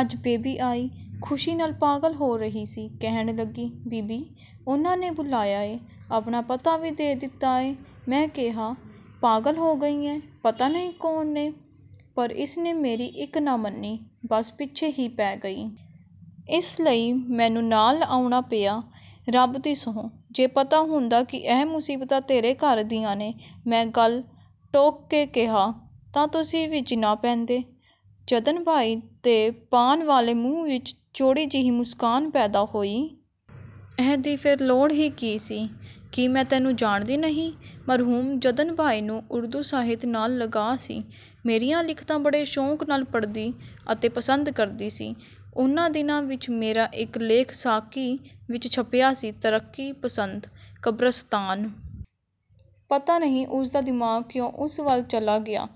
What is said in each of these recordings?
ਅੱਜ ਬੇਬੀ ਆਈ, ਖੁਸ਼ੀ ਨਾਲ ਪਾਗਲ ਹੋ ਰਹੀ ਸੀ, ਕਹਿਣ ਲੱਗੀ, ਬੀਬੀ! ਉਨ੍ਹਾਂ ਨੇ ਬੁਲਾਇਆ ਏ। ਆਪਣਾ ਪਤਾ ਵੀ ਦੇ ਦਿੱਤਾ ਏ। ਮੈਂ ਕਿਹਾ, ਪਾਗਲ ਹੋ ਗਈ ਏਂ। ਪਤਾ ਨਹੀਂ ਕੌਣ ਨੇ। ਪਰ ਇਸ ਨੇ ਮੇਰੀ ਇੱਕ ਨਾ ਮੰਨੀ, ਬਸ ਪਿੱਛੇ ਹੀ ਪੈ ਗਈ। ਇਸ ਲਈ ਮੈਨੂੰ ਨਾਲ ਆਉਣਾ ਪਿਆ। ਰੱਬ ਦੀ ਸਹੁੰ, ਜੇ ਪਤਾ ਹੁੰਦਾ ਕਿ ਇਹ ਮੁਸੀਬਤਾਂ ਤੇਰੇ ਘਰ ਦੀਆਂ ਨੇ। ਮੈਂ ਗੱਲ ਟੋਕ ਕੇ ਕਿਹਾ, ਤਾਂ ਤੁਸੀਂ ਵਿਚ ਨਾ ਪੈਂਦੇ। ਜੱਦਨ ਬਾਈ ਦੇ ਪਾਨ ਵਾਲੇ ਮੂੰਹ ਵਿੱਚ ਚੌੜੀ ਜਿਹੀ ਮੁਸਕਾਨ ਪੈਦਾ ਹੋਈ। ਇਹਦੀ ਫਿਰ ਲੋੜ ਹੀ ਕੀ ਸੀ। ਕੀ ਮੈਂ ਤੈਨੂੰ ਜਾਣਦੀ ਨਹੀਂ। ਮਰਹੂਮ ਜੱਦਨ ਬਾਈ ਨੂੰ ਉਰਦੂ ਸਾਹਿਤ ਨਾਲ ਲਗਾਅ ਸੀ। ਮੇਰੀਆਂ ਲਿਖਤਾਂ ਬੜੇ ਸ਼ੌਂਕ ਨਾਲ ਪੜ੍ਹਦੀ ਅਤੇ ਪਸੰਦ ਕਰਦੀ ਸੀ। ਉਨ੍ਹਾਂ ਦਿਨਾਂ ਵਿੱਚ ਮੇਰਾ ਇੱਕ ਲੇਖ ਸਾਕੀ ਵਿੱਚ ਛਪਿਆ ਸੀ ਤਰੱਕੀ-ਪਸੰਦ ਕਬਰਸਤਾਨ। ਪਤਾ ਨਹੀਂ ਉਸ ਦਾ ਦਿਮਾਗ ਕਿਉਂ ਉਸ ਵੱਲ ਚਲਾ ਗਿਆ,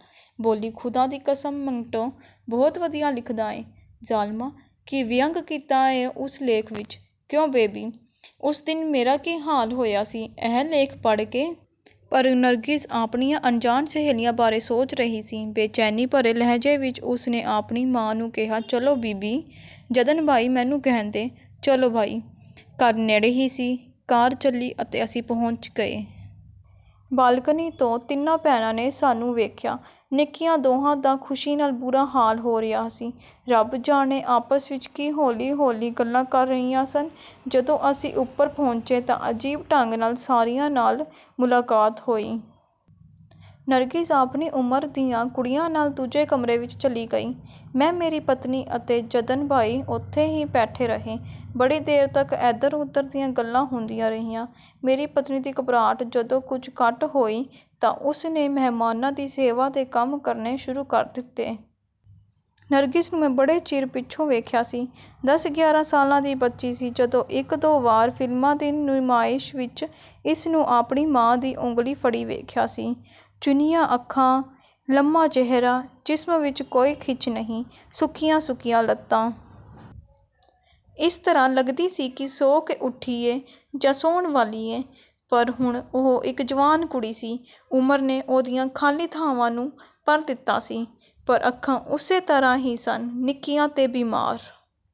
ਬੋਲੀ, ਖੁਦਾ ਦੀ ਕਸਮ ਮੰਟੋ, ਬਹੁਤ ਵਧੀਆ ਲਿਖਦਾ ਏਂ। ਜ਼ਾਲਮਾ, ਕੀ ਵਿਅੰਗ ਕੀਤਾ ਏ ਉਸ ਲੇਖ ਵਿੱਚ। ਕਿਉਂ ਬੇਬੀ, ਉਸ ਦਿਨ ਮੇਰਾ ਕੀ ਹਾਲ ਹੋਇਆ ਸੀ ਇਹ ਲੇਖ ਪੜ੍ਹ ਕੇ। ਪਰ ਨਰਗਿਸ ਆਪਣੀਆਂ ਅਣਜਾਣ ਸਹੇਲੀਆਂ ਬਾਰੇ ਸੋਚ ਰਹੀ ਸੀ। ਬੇਚੈਨੀ ਭਰੇ ਲਹਿਜ਼ੇ ਵਿੱਚ ਉਸ ਨੇ ਆਪਣੀ ਮਾਂ ਨੂੰ ਕਿਹਾ, ਚਲੋ ਬੀਬੀ। ਜੱਦਨ ਬਾਈ ਮੈਨੂੰ ਕਹਿੰਦੀ, ਚਲੋ ਭਾਈ। ਘਰ ਨੇੜੇ ਹੀ ਸੀ। ਕਾਰ ਚੱਲੀ ਅਤੇ ਅਸੀਂ ਪਹੁੰਚ ਗਏ। ਬਾਲਕੋਨੀ ਤੋਂ ਤਿੰਨਾਂ ਭੈਣਾਂ ਨੇ ਸਾਨੂੰ ਵੇਖਿਆ। ਨਿੱਕੀਆਂ ਦੋਹਾਂ ਦਾ ਖੁਸ਼ੀ ਨਾਲ ਬੁਰਾ ਹਾਲ ਹੋ ਰਿਹਾ ਸੀ। ਰੱਬ ਜਾਣੇ ਆਪਸ ਵਿੱਚ ਕੀ ਹੌਲੀ ਹੌਲੀ ਗੱਲਾਂ ਕਰ ਰਹੀਆਂ ਸਨ। ਜਦੋਂ ਅਸੀਂ ਉੱਪਰ ਪਹੁੰਚੇ ਤਾਂ ਅਜੀਬ ਢੰਗ ਨਾਲ ਸਾਰਿਆਂ ਨਾਲ ਮੁਲਾਕਾਤ ਹੋਈ। ਨਰਗਿਸ ਆਪਣੀ ਉਮਰ ਦੀਆਂ ਕੁੜੀਆਂ ਨਾਲ ਦੂਜੇ ਕਮਰੇ ਵਿੱਚ ਚਲੀ ਗਈ। ਮੈਂ, ਮੇਰੀ ਪਤਨੀ ਅਤੇ ਜੱਦਨ ਬਾਈ ਉੱਥੇ ਹੀ ਬੈਠੇ ਰਹੇ। ਬੜੀ ਦੇਰ ਤੱਕ ਏਧਰ ਉਧਰ ਦੀਆਂ ਗੱਲਾਂ ਹੁੰਦੀਆਂ ਰਹੀਆਂ। ਮੇਰੀ ਪਤਨੀ ਦੀ ਘਬਰਾਹਟ ਜਦੋਂ ਕੁਝ ਘੱਟ ਹੋਈ ਤਾਂ ਉਸ ਨੇ ਮਹਿਮਾਨਾਂ ਦੀ ਸੇਵਾ ਦੇ ਕੰਮ ਕਰਨੇ ਸ਼ੁਰੂ ਕਰ ਦਿੱਤੇ। ਨਰਗਿਸ ਨੂੰ ਮੈਂ ਬੜੇ ਚਿਰ ਪਿੱਛੋਂ ਵੇਖਿਆ ਸੀ। ਦਸ ਗਿਆਰਾਂ ਸਾਲਾਂ ਦੀ ਬੱਚੀ ਸੀ, ਜਦੋਂ ਇੱਕ ਦੋ ਵਾਰ ਫ਼ਿਲਮਾਂ ਦੀ ਨੁਮਾਇਸ਼ ਵਿੱਚ ਇਸ ਨੂੰ ਆਪਣੀ ਮਾਂ ਦੀ ਉਂਗਲੀ ਫੜੀ ਵੇਖਿਆ ਸੀ। ਚੁੰਨੀਆਂ ਅੱਖਾਂ, ਲੰਮਾ ਚਿਹਰਾ, ਜਿਸਮ ਵਿੱਚ ਕੋਈ ਖਿੱਚ ਨਹੀਂ, ਸੁੱਕੀਆਂ ਸੁੱਕੀਆਂ ਲੱਤਾਂ। ਇਸ ਤਰ੍ਹਾਂ ਲੱਗਦੀ ਸੀ ਕਿ ਸੌਂ ਕੇ ਉੱਠੀ ਏ ਜਾਂ ਸੌਣ ਵਾਲੀ ਏ, ਪਰ ਹੁਣ ਉਹ ਇੱਕ ਜਵਾਨ ਕੁੜੀ ਸੀ। ਉਮਰ ਨੇ ਉਹਦੀਆਂ ਖਾਲੀ ਥਾਵਾਂ ਨੂੰ ਭਰ ਦਿੱਤਾ ਸੀ, ਪਰ ਅੱਖਾਂ ਉਸੇ ਤਰ੍ਹਾਂ ਹੀ ਸਨ, ਨਿੱਕੀਆਂ ਤੇ ਬਿਮਾਰ